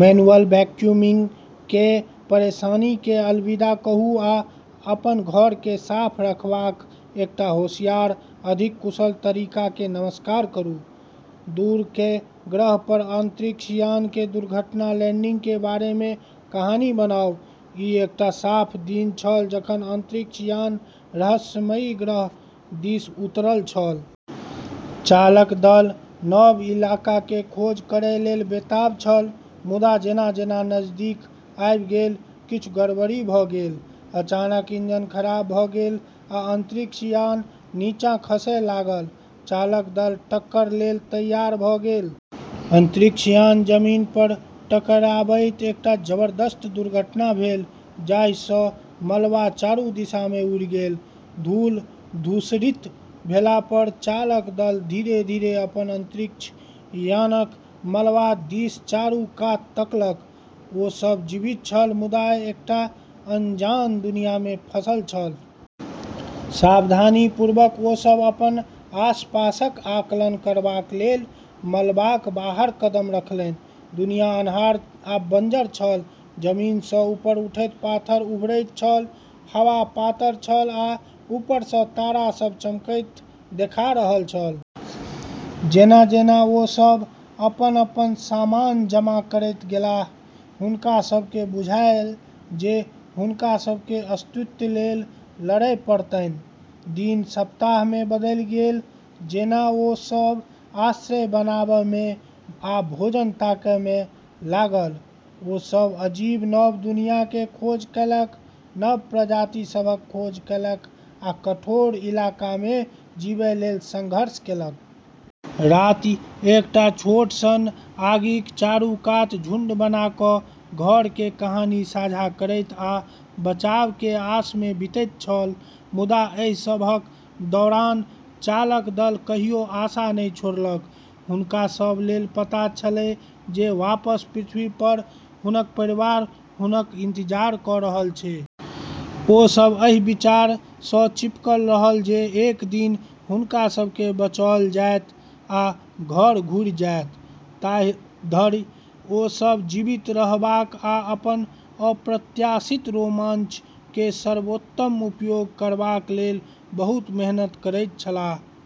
Manual vacuuming केर परेशानीकेँ अलविदा कहू आ अपन घरकेँ साफ रखबाक एकटा होशियार, अधिक कुशल तरीकाकेँ नमस्कार करू। दूर केर ग्रहपर अंतरिक्ष यान केर दुर्घटना-लैंडिंग केर बारेमे कहानी बनाउ। ई एकटा साफ दिन छल जखन अंतरिक्ष यान रहस्यमयी ग्रह दिस उतरल छल। चालक दल नव इलाका केर खोज करै लेल बेताब छल, मुदा जेना-जेना नजदीक आबि गेल, किछु गड़बड़ी भऽ गेल। अचानक इंजन खराब भऽ गेल आ अंतरिक्ष यान नीचाँ खसै लागल। चालक दल टक्कर लेल तैयार भऽ गेल। अंतरिक्ष यान जमीनपर टकराबैत एकटा जबरदस्त दुर्घटना भेल, जाहिसँ मलबा चारू दिशामे उड़ि गेल। धूल-धूसरित भेलापर चालक दल धीरे-धीरे अपन अंतरिक्ष यानक मलबा दिस चारू कात तकलक। ओ सभ जीवित छल, मुदा एकटा अनजान दुनियामे फंसल छल। सावधानीपूर्वक ओ सब अपन आसपासक आकलन करबाक लेल मलबारक बाहर कदम रखलनि। दुनिया अन्हार आ बंजर छल, जमीनसँ ऊपर उठैत पाथर उभरैत छल। हवा पातर छल आ ऊपरसँ तारा सभ चमकैत देखा रहल छल। जेना-जेना ओ सभ अपन-अपन सामान जमा करैत गेलाह, हुनका सभकेँ बुझायल जे हुनका सभकेँ अस्तित्व लेल लड़ै पड़तनि। दिन सप्ताहमे बदलि गेल जेना ओ सब आश्रय बनाबैमे आ भोजन तकैमे लागल। ओ सब अजीब नव दुनिया केर खोज केलक, नव प्रजाति सभक खोज केलक आ कठोर इलाकामे जीबै लेल संघर्ष केलक। राति एकटा छोट सन आगिक चारू कात झुंड बना कऽ घर केर कहानी साझा करैत आ बचाव केर आशामे बीतैत छल। मुदा एहि सबहक दौरान चालक दल कहियो आशा नहि छोड़लक। हुनका सब लेल पता छलै जे वापस पृथ्वीपर हुनक परिवार हुनक इंतजार कऽ रहल छै। ओ सभ एहि विचारसँ चिपकल रहल जे एक दिन हुनका सभकेँ बचाओल जाएत आ घर घुरि जाएत। ताधरि ओ सब जीवित रहबाक आ अपन अप्रत्याशित रोमांच केर सर्वोत्तम उपयोग करबाक लेल बहुत मेहनत करैत छलाह।